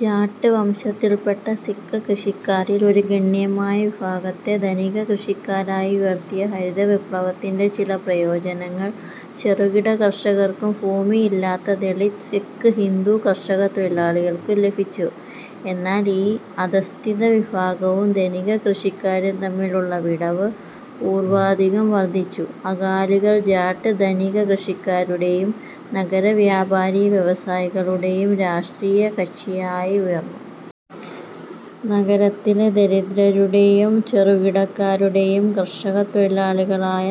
ജാട്ട് വംശത്തിൽപ്പെട്ട സിക്ക് കൃഷിക്കാരിൽ ഒരു ഗണ്യമായ വിഭാഗത്തെ ധനിക കൃഷിക്കാരാക്കി ഉയർത്തിയ ഹരിത വിപ്ലവത്തിൻ്റെ ചില പ്രയോജനങ്ങൾ ചെറുകിട കർഷകർക്കും ഭൂമിയില്ലാത്ത ദലിത് സിക്ക്, ഹിന്ദു കർഷകത്തൊഴിലാളികൾക്കും ലഭിച്ചു. എന്നാൽ ഈ അധഃസ്ഥിത വിഭാഗവും ധനിക കൃഷിക്കാരും തമ്മിലുള്ള വിടവ് പൂർവാധികം വർധിച്ചു. അകാലികൾ ജാട്ട് ധനിക കൃഷിക്കാരുടെയും നഗര വ്യാപാരി വ്യവസായികളുടെയും രാഷ്ട്രീയ കക്ഷിയായി ഉയർന്നു. നഗരത്തിലെ ദരിദ്രരുടെയും ചെറുകിടക്കാരുടെയും കർഷകത്തൊഴിലാളികളായ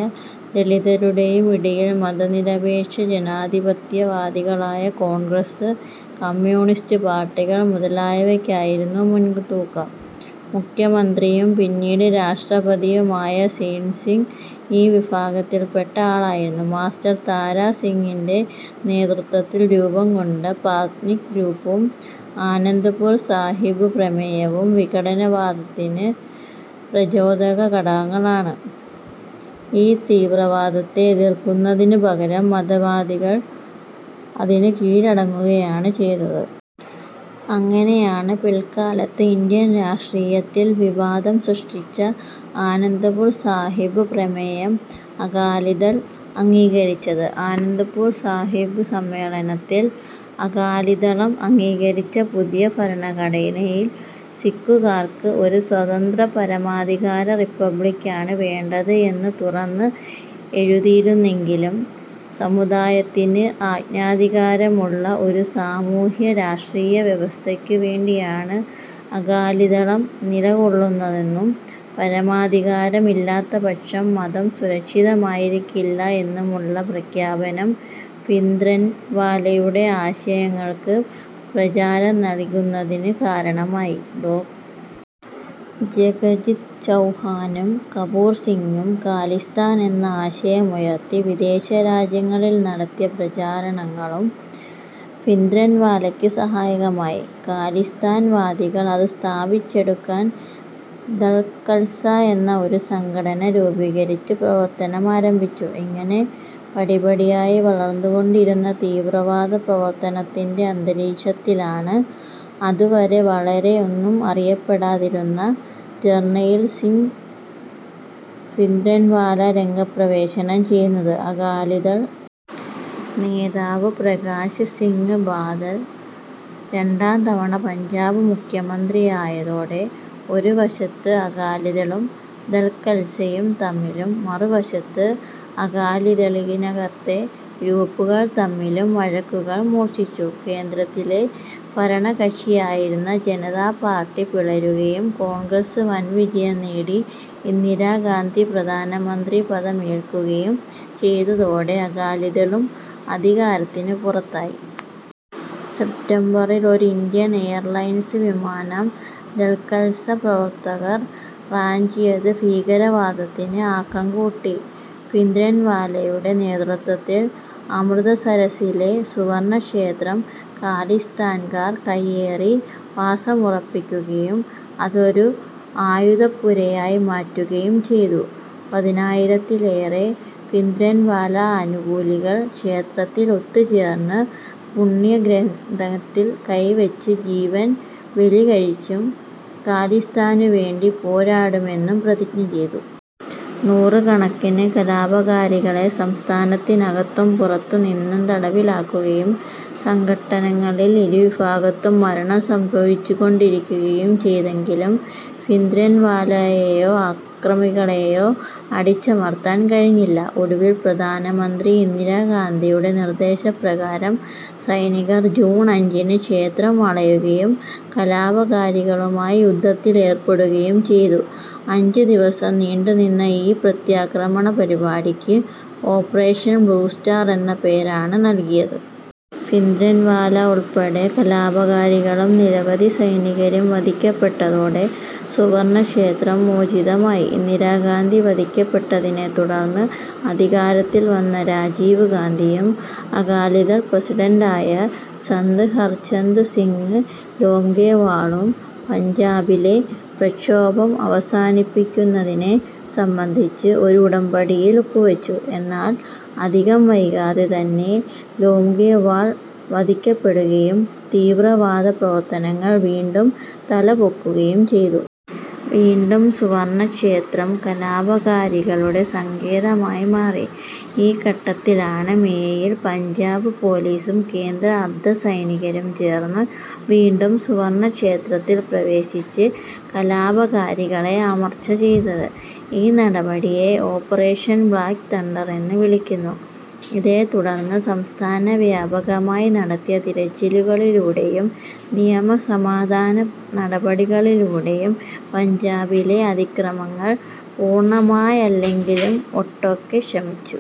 ദലിതരുടെയും ഇടയിൽ മതനിരപേക്ഷ ജനാധിപത്യവാദികളായ കോൺഗ്രസ്, കമ്യൂണിസ്റ്റ് പാർട്ടികൾ മുതലായവയ്ക്കായിരുന്നു മുൻതൂക്കം. മുഖ്യമന്ത്രിയും പിന്നീട് രാഷ്ട്രപതിയുമായ സെയിൽസിങ് ഈ വിഭാഗത്തിൽപ്പെട്ട ആളായിരുന്നു. മാസ്റ്റർ താരാസിങ്ങിൻ്റെ നേതൃത്വത്തിൽ രൂപംകൊണ്ട പാന്ഥിക് ഗ്രൂപ്പും ആനന്ദ്പുർ സാഹിബ് പ്രമേയവും വിഘടനവാദത്തിന് പ്രചോദക ഘടകങ്ങളാണ്. ഈ തീവ്രവാദത്തെ എതിർക്കുന്നതിനുപകരം മിതവാദികൾ അതിന് കീഴടങ്ങുകയാണ് ചെയ്തത്. അങ്ങനെയാണ് പിൽക്കാലത്ത് ഇന്ത്യൻ രാഷ്ട്രീയത്തിൽ വിവാദം സൃഷ്ടിച്ച ആനന്ദ്പുർ സാഹിബ് പ്രമേയം അകാലിദൾ അംഗീകരിച്ചത്. ആനന്ദ്പുർ സാഹിബ് സമ്മേളനത്തിൽ അകാലിദളം അംഗീകരിച്ച പുതിയ ഭരണഘടനയിൽ സിക്കുകാർക്ക് ഒരു സ്വതന്ത്ര പരമാധികാര റിപ്പബ്ലിക്കാണ് വേണ്ടത് എന്ന് തുറന്ന് എഴുതിയിരുന്നില്ലെങ്കിലും, സമുദായത്തിന് ആജ്ഞാധികാരമുള്ള ഒരു സാമൂഹ്യ രാഷ്ട്രീയ വ്യവസ്ഥയ്ക്കു വേണ്ടിയാണ് അകാലിദളം നിലകൊള്ളുന്നതെന്നും പരമാധികാരം ഇല്ലാത്തപക്ഷം മതം സുരക്ഷിതമായിരിക്കില്ല എന്നുമുള്ള പ്രഖ്യാപനം ഭിന്ദ്രൻവാലയുടെ ആശയങ്ങൾക്ക് പ്രചാരം നൽകുന്നതിന് കാരണമായി.ഡോ. ജഗജിത് ചൗഹാനും കപൂർ സിങ്ങും ഖാലിസ്ഥാൻ എന്ന ആശയമുയർത്തി വിദേശരാജ്യങ്ങളിൽ നടത്തിയ പ്രചാരണങ്ങളും ഭിന്ദ്രൻവാലയ്ക്ക് സഹായകമായി. ഖാലിസ്ഥാൻ വാദികൾ അതു സ്ഥാപിച്ചെടുക്കാൻ ദൾഖൽസ എന്ന ഒരു സംഘടന രൂപീകരിച്ച് പ്രവർത്തനമാരംഭിച്ചു. ഇങ്ങനെ പടിപടിയായി വളർന്നുകൊണ്ടിരുന്ന തീവ്രവാദ പ്രവർത്തനത്തിൻ്റെ അന്തരീക്ഷത്തിലാണ് അതുവരെ വളരെയൊന്നും അറിയപ്പെടാതിരുന്ന ജർണയിൽ സിങ് ഭിന്ദ്രൻവാല രംഗപ്രവേശം ചെയ്യുന്നത്. അകാലിദൾ നേതാവ് പ്രകാശ് സിങ് ബാദൽ രണ്ടാം തവണ പഞ്ചാബ് മുഖ്യമന്ത്രിയായതോടെ ഒരുവശത്ത് അകാലിദളും ദൾഖൽസയും തമ്മിലും മറുവശത്ത് അകാലിദളിനകത്തെ ഗ്രൂപ്പുകൾ തമ്മിലും വഴക്കുകൾ മൂർച്ഛിച്ചു. കേന്ദ്രത്തിലെ ഭരണകക്ഷിയായിരുന്ന ജനതാ പാർട്ടി പിളരുകയും കോൺഗ്രസ് വൻവിജയം നേടി ഇന്ദിരാഗാന്ധി പ്രധാനമന്ത്രി പദം ഏൽക്കുകയും ചെയ്തതോടെ അകാലിദളും അധികാരത്തിന് പുറത്തായി. സെപ്റ്റംബറിൽ ഒരു ഇന്ത്യൻ എയർലൈൻസ് വിമാനം ദൾഖൽസ പ്രവർത്തകർ റാഞ്ചിയത് ഭീകരവാദത്തിന് ആക്കം കൂട്ടി. ഭിന്ദ്രൻവാലയുടെ നേതൃത്വത്തിൽ അമൃതസരസ്സിലെ സുവർണക്ഷേത്രം ഖാലിസ്ഥാൻകാർ കൈയേറി വാസമുറപ്പിക്കുകയും അതൊരു ആയുധപ്പുരയായി മാറ്റുകയും ചെയ്തു. പതിനായിരത്തിലേറെ ഭിന്ദ്രൻവാല അനുകൂലികൾ ക്ഷേത്രത്തിൽ ഒത്തുചേർന്ന് പുണ്യഗ്രന്ഥത്തിൽ കൈവച്ച് ജീവൻ ബലികഴിച്ചും ഖാലിസ്ഥാനുവേണ്ടി പോരാടുമെന്നും പ്രതിജ്ഞ ചെയ്തു. നൂറുകണക്കിന് കലാപകാരികളെ സംസ്ഥാനത്തിനകത്തും പുറത്തുനിന്നും തടവിലാക്കുകയും സംഘട്ടനങ്ങളിൽ ഇരു വിഭാഗത്തും മരണം സംഭവിച്ചുകൊണ്ടിരിക്കുകയും ചെയ്തെങ്കിലും ഭിന്ദ്രൻവാലയെയോ അക്രമികളെയോ അടിച്ചമർത്താൻ കഴിഞ്ഞില്ല. ഒടുവിൽ പ്രധാനമന്ത്രി ഇന്ദിരാഗാന്ധിയുടെ നിർദ്ദേശപ്രകാരം സൈനികർ ജൂൺ അഞ്ചിന് ക്ഷേത്രം വളയുകയും കലാപകാരികളുമായി യുദ്ധത്തിൽ ഏർപ്പെടുകയും ചെയ്തു. അഞ്ചുദിവസം നീണ്ടുനിന്ന ഈ പ്രത്യാക്രമണ പരിപാടിക്ക് ഓപ്പറേഷൻ ബ്ലൂസ്റ്റാർ എന്ന പേരാണ് നൽകിയത്. ഭിന്ദ്രൻവാല ഉൾപ്പെടെ കലാപകാരികളും നിരവധി സൈനികരും വധിക്കപ്പെട്ടതോടെ സുവർണക്ഷേത്രം മോചിതമായി. ഇന്ദിരാഗാന്ധി വധിക്കപ്പെട്ടതിനെത്തുടർന്ന് അധികാരത്തിൽ വന്ന രാജീവ്ഗാന്ധിയും അകാലിദൾ പ്രസിഡന്റായ സന്ത് ഹർചന്ദ് സിങ് ലോംഗെവാളും പഞ്ചാബിലെ പ്രക്ഷോഭം അവസാനിപ്പിക്കുന്നതിനെ സംബന്ധിച്ച് ഒരു ഉടമ്പടിയിൽ ഒപ്പുവെച്ചു. എന്നാൽ അധികം വൈകാതെ തന്നെ ലോംഗെവാൾ വധിക്കപ്പെടുകയും തീവ്രവാദ പ്രവർത്തനങ്ങൾ വീണ്ടും തലപൊക്കുകയും ചെയ്തു. വീണ്ടും സുവർണക്ഷേത്രം കലാപകാരികളുടെ സങ്കേതമായി മാറി. ഈ ഘട്ടത്തിലാണ് മേയിൽ പഞ്ചാബ് പൊലീസും കേന്ദ്ര അർധസൈനികരും ചേർന്ന് വീണ്ടും സുവർണക്ഷേത്രത്തിൽ പ്രവേശിച്ച് കലാപകാരികളെ അമർച്ച ചെയ്തത്. ഈ നടപടിയെ ഓപ്പറേഷൻ ബ്ലാക്ക് തണ്ടർ എന്ന് വിളിക്കുന്നു. ഇതേത്തുടർന്ന് സംസ്ഥാനവ്യാപകമായി നടത്തിയ തിരച്ചിലുകളിലൂടെയും നിയമസമാധാന നടപടികളിലൂടെയും പഞ്ചാബിലെ അതിക്രമങ്ങൾ പൂർണമായല്ലെങ്കിലും ഒട്ടൊക്കെ ശമിച്ചു.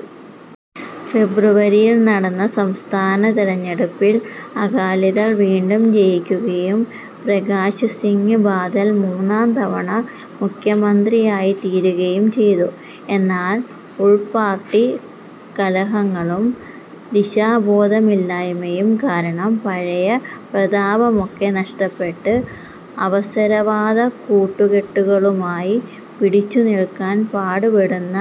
ഫെബ്രുവരിയിൽ നടന്ന സംസ്ഥാന തെരഞ്ഞെടുപ്പിൽ അകാലിദൾ വീണ്ടും ജയിക്കുകയും പ്രകാശ് സിങ് ബാദൽ മൂന്നാം തവണ മുഖ്യമന്ത്രിയായിത്തീരുകയും ചെയ്തു. എന്നാൽ ഉൾപ്പാർട്ടി കലഹങ്ങളും ദിശാബോധമില്ലായ്മയും കാരണം പഴയ പ്രതാപമൊക്കെ നഷ്ടപ്പെട്ട് അവസരവാദ കൂട്ടുകെട്ടുകളുമായി പിടിച്ചുനിൽക്കാൻ പാടുപെടുന്ന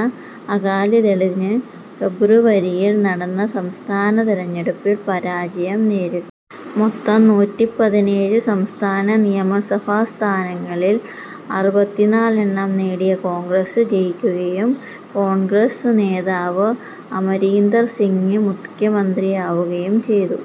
അകാലിദളിന് ഫെബ്രുവരിയിൽ നടന്ന സംസ്ഥാന തെരഞ്ഞെടുപ്പിൽ പരാജയം നേരിട്ടു. മൊത്തം നൂറ്റിപ്പതിനേഴ് സംസ്ഥാന നിയമസഭാ സ്ഥാനങ്ങളിൽ അറുപത്തിനാല് എണ്ണം നേടിയ കോൺഗ്രസ് ജയിക്കുകയും കോൺഗ്രസ് നേതാവ് അമരീന്ദർ സിങ് മുഖ്യമന്ത്രിയാവുകയും ചെയ്തു.